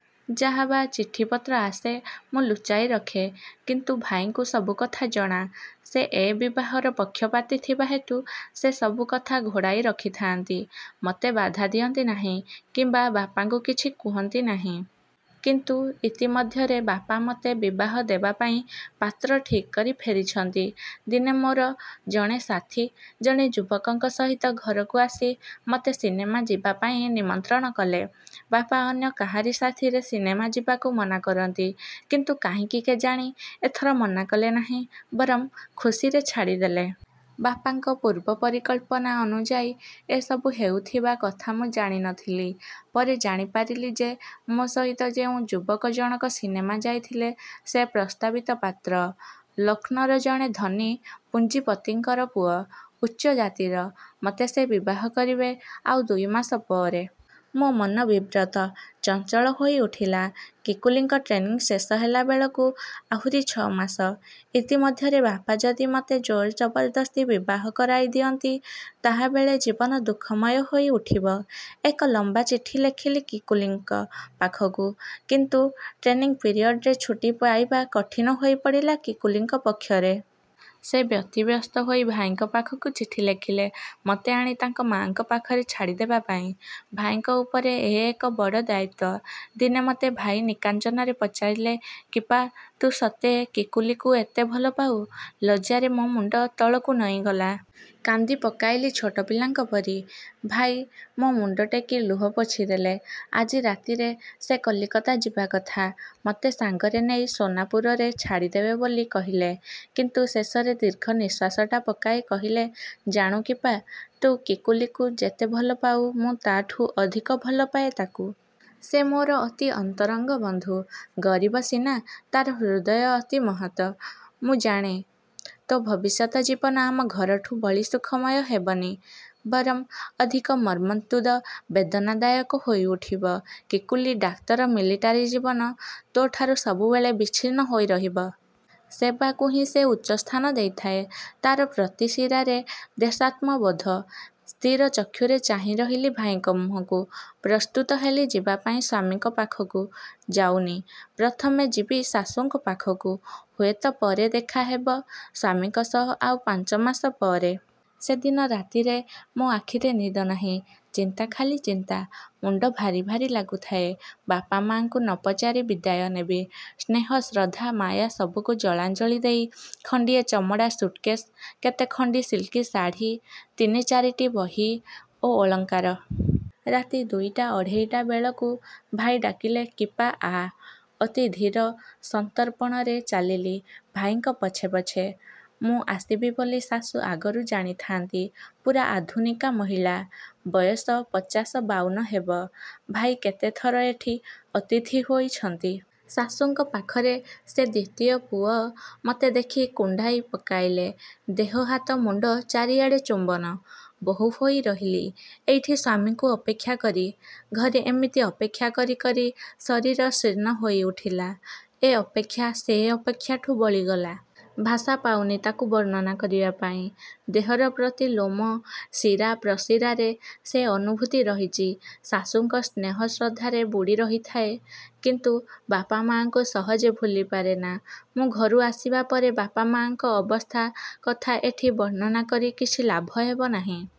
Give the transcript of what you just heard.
ଯାହା ବା ଚିଠିପତ୍ର ଆସେ ମୁଁ ଲୁଚାଇ ରଖେ। କିନ୍ତୁ ଭାଇଙ୍କୁ ସବୁ କଥା ଜଣା। ସେ ଏ ବିବାହର ପକ୍ଷପାତି ଥିବା ହେତୁ ସେ ସବୁ କଥା ଘୋଡ଼ାଇ ରଖି ଥାଆନ୍ତି। ମତେ ବାଧା ଦିଅନ୍ତି ନାହିଁ କିମ୍ବା ବାପାଙ୍କୁ କିଛି କୁହନ୍ତି ନାହିଁ। କିନ୍ତୁ ଇତିମଧ୍ୟରେ ବାପା ମତେ ବିବାହ ଦେବାପାଇଁ ପାତ୍ର ଠିକ୍ କରି ଫେରିଛନ୍ତି। ଦିନେ ମୋର ଜଣେ ସାଥି ଜଣେ ଯୁବକଙ୍କ ସହିତ ଘରକୁ ଆସି ମତେ ସିନେମା ଯିବାପାଇଁ ନିମନ୍ତ୍ରଣ କଲେ। ବାପା ଅନ୍ୟ କାହାରି ସାଥିରେ ସିନେମା ଯିବାକୁ ମନା କରନ୍ତି। କିନ୍ତୁ କାହିଁକି କେଜାଣି ଏଥର ମନା କଲେ ନାହିଁ, ବରଂ ଖୁସିରେ ଛାଡ଼ିଦେଲେ। ବାପାଙ୍କ ପୂର୍ବ ପରିକଳ୍ପନା ଅନୁଯାୟୀ ଏସବୁ ହେଉଥିବା କଥା ମୁଁ ଜାଣି ନ ଥିଲି। ପରେ ଜାଣିପାରିଲି ଯେ, ମୋ ସହିତ ଯେଉଁ ଯୁବକ ଜଣକ ସିନେମା ଯାଇଥିଲେ ସେ ପ୍ରସ୍ତାବିତ ପାତ୍ର। ଲକ୍ଷ୍ନୌର ଜଣେ ଧନୀ ପୁଞ୍ଜିପତିଙ୍କର ପୁଅ। ଉଚ୍ଚ ଜାତିର। ମତେ ସେ ବିବାହ କରିବେ ଆଉ ଦୁଇ ମାସ ପରେ। ମୋ ମନ ବିବ୍ରତ, ଚଞ୍ଚଳ ହୋଇ ଉଠିଲା। କିକୁଲିଙ୍କ ଟ୍ରେନିଂ ଶେଷ ହେଲା ବେଳକୁ ଆହୁରି ଛ ମାସ। ଇତିମଧ୍ୟରେ ବାପା ଯଦି ମତେ ଜୋର ଜବରଦସ୍ତି ବିବାହ କରାଇ ଦିଅନ୍ତି ତାହାବେଳେ ଜୀବନ ଦୁଃଖମୟ ହୋଇ ଉଠିବ। ଏକ ଲମ୍ୱା ଚିଠି ଲେଖିଲି କିକୁଲିଙ୍କ ପାଖକୁ କିନ୍ତୁ ଟ୍ରେନିଂ ପିରିଅଡ଼ରେ ଛୁଟି ପାଇବା କଠିନ ହୋଇ ପଡ଼ିଲା କିକୁଲିଙ୍କ ପକ୍ଷରେ। ସେ ବ୍ୟତିବ୍ୟସ୍ତ ହୋଇ ଭାଇଙ୍କ ପାଖକୁ ଚିଠି ଲେଖିଲେ ମତେ ଆଣି ତାଙ୍କ ମାଙ୍କ ପାଖରେ ଛାଡ଼ି ଦେବାପାଇଁ। ଭାଇଙ୍କ ଉପରେ ଏ ଏକ ବଡ଼ ଦାୟିତ୍ୱ। ଦିନେ ମତେ ଭାଇ ନିକାଞ୍ଚନରେ ପଚାରିଲେ, କିପା, ତୁ ସତେ କିକୁଲିକୁ ଏତେ ଭଲପାଉ? ଲଜ୍ଜାରେ ମୋ ମୁଣ୍ଡ ତଳକୁ ନଇଁଗଲା। କାନ୍ଦି ପକାଇଲି ଛୋଟ ପିଲାଙ୍କ ପରି। ଭାଇ ମୋ ମୁଣ୍ଡ ଟେକି ଲୁହ ପୋଛି ଦେଲେ। ଆଜି ରାତିରେ ସେ କଲିକତା ଯିବା କଥା। ମତେ ସାଙ୍ଗରେ ନେଇ ସୋନାପୁରରେ ଛାଡ଼ିଦେବେ ବୋଲି କହିଲେ। କିନ୍ତୁ ଶେଷରେ ଦୀର୍ଘ ନିଃଶ୍ୱାସଟା ପକାଇ କହିଲେ ଜାଣୁ କିପା, ତୁ କିକୁଲିକୁ ଯେତେ ଭଲପାଉ ମୁଁ ତାଠୁ ଅଧିକ ଭଲପାଏ ତାକୁ। ସେ ମୋର ଅତି ଅନ୍ତରଙ୍ଗ ବନ୍ଧୁ। ଗରିବ ସିନା। ତାର ହୃଦୟ ଅତି ମହତ। ମୁଁ ଜାଣେ ତୋ ଭବିଷ୍ୟତ ଜୀବନ ଆମ ଘରଠୁ ବଳି ସୁଖମୟ ହେବନି ବରଂ ଅଧିକ ମର୍ମନ୍ତୁଦ, ବେଦନାଦାୟକ ହୋଇଉଠିବ। କିକୁଲି ଡାକ୍ତର ମିଲିଟାରୀ ଜୀବନ ତୋଠାରୁ ସବୁବେଳେ ବିଚ୍ଛିନ୍ନ ହୋଇ ରହିବ। ସେବାକୁ ହିଁ ସେ ଉଚ୍ଚସ୍ଥାନ ଦେଇଥାଏ। ତାର ପ୍ରତି ଶିରାରେ ଦେଶାତ୍ମବୋଧ। ସ୍ଥିର ଚକ୍ଷୁରେ ଚାହିଁ ରହିଲି ଭାଇଙ୍କ ମୁହଁକୁ। ପ୍ରସ୍ତୁତ ହେଲି ଯିବାପାଇଁ ସ୍ୱାମୀଙ୍କ ପାଖକୁ ଯାଉନି, ପ୍ରଥମେ ଯିବି ଶାଶୂଙ୍କ ପାଖକୁ। ହୁଏତ ପରେ ଦେଖା ହେବ ସ୍ୱାମୀଙ୍କ ସହ ଆଉ ପାଞ୍ଚ ମାସ ପରେ। ସେଦିନ ରାତିରେ ମୋ ଆଖିରେ ନିଦ ନାହିଁ। ଚିନ୍ତା ଖାଲି ଚିନ୍ତା। ମୁଣ୍ଡ ଭାରି ଭାରି ଲାଗୁଥାଏ। ବାପମାଆଙ୍କୁ ନ ପଚାରି ବିଦାୟ ନେବି ସ୍ନେହ, ଶ୍ରଦ୍ଧା, ମାୟା ସବୁକୁ ଜଳାଞ୍ଜଳି ଦେଇ। ଖଣ୍ଡିଏ ଚମଡ଼ା ସୁଟକେଶ୍, କେତେ ଖଣ୍ଡି ସିଲ୍କ ଶାଢ଼ି, ତିନି ଚାରିଟି ବହି ଓ ଅଳଙ୍କାର। ରାତି ଦୁଇଟା ଅଢ଼େଇଟା ବେଳକୁ ଭାଇ ଡାକିଲେ କିପା ଆ। ଅତି ଧୀର ସଂତର୍ପଣରେ ଚାଲିଲି ଭାଇଙ୍କ ପଛେ ପଛେ। ମୁଁ ଆସିବି ବୋଲି ଶାଶୂ ଆଗରୁ ଜାଣି ଥାଆନ୍ତି। ପୁରା ଆଧୁନିକା ମହିଳା। ବୟସ ପଚାଶ ବାଉନ ହେବ। ଭାଇ କେତେଥର ଏଠି ଅତିଥି ହୋଇଛନ୍ତି। ଶାଶୂଙ୍କ ପାଖରେ ସେ ଦ୍ୱିତୀୟ ପୁଅ। ମତେ ଦେଖି କୁଣ୍ଢାଇ ପକାଇଲେ ଦେହ, ହାତ, ମୁଣ୍ଡ ଚାରିଆଡ଼େ ଚୁମ୍ବନ। ବୋହୂ ହୋଇ ରହିଲି ଏଇଠି ସ୍ୱାମୀଙ୍କୁ ଅପେକ୍ଷା କରି। ଘରେ ଏମିତି ଅପେକ୍ଷା କରି କରି ଶରୀର ଶୀର୍ଣ୍ଣ ହୋଇ ଉଠିଥିଲା। ଏ ଅପେକ୍ଷା ସେ ଅପେକ୍ଷାଠୁ ବଳିଗଲା। ଭାଷା ପାଉନି ତାକୁ ବର୍ଣ୍ଣନା କରିବା ପାଇଁ। ଦେହର ପ୍ରତି ଲୋମ ଶିରା ପ୍ରଶିରାରେ ସେ ଅନୁଭୂତି ରହିଚି। ଶାଶୂଙ୍କ ସ୍ନେହ ଶ୍ରଦ୍ଧାରେ ବୁଡ଼ି ରହିଥାଏ କିନ୍ତୁ ବାପାମାଆଙ୍କୁ ସହଜେ ଭୁଲିପାରେନା। ମୁଁ ଘରୁ ଆସିବା ପରେ ବାପାମାଆଙ୍କ ଅବସ୍ଥା କଥା ଏଠି ବର୍ଣ୍ଣନା କରି କିଛି ଲାଭ ହେବ ନାହିଁ।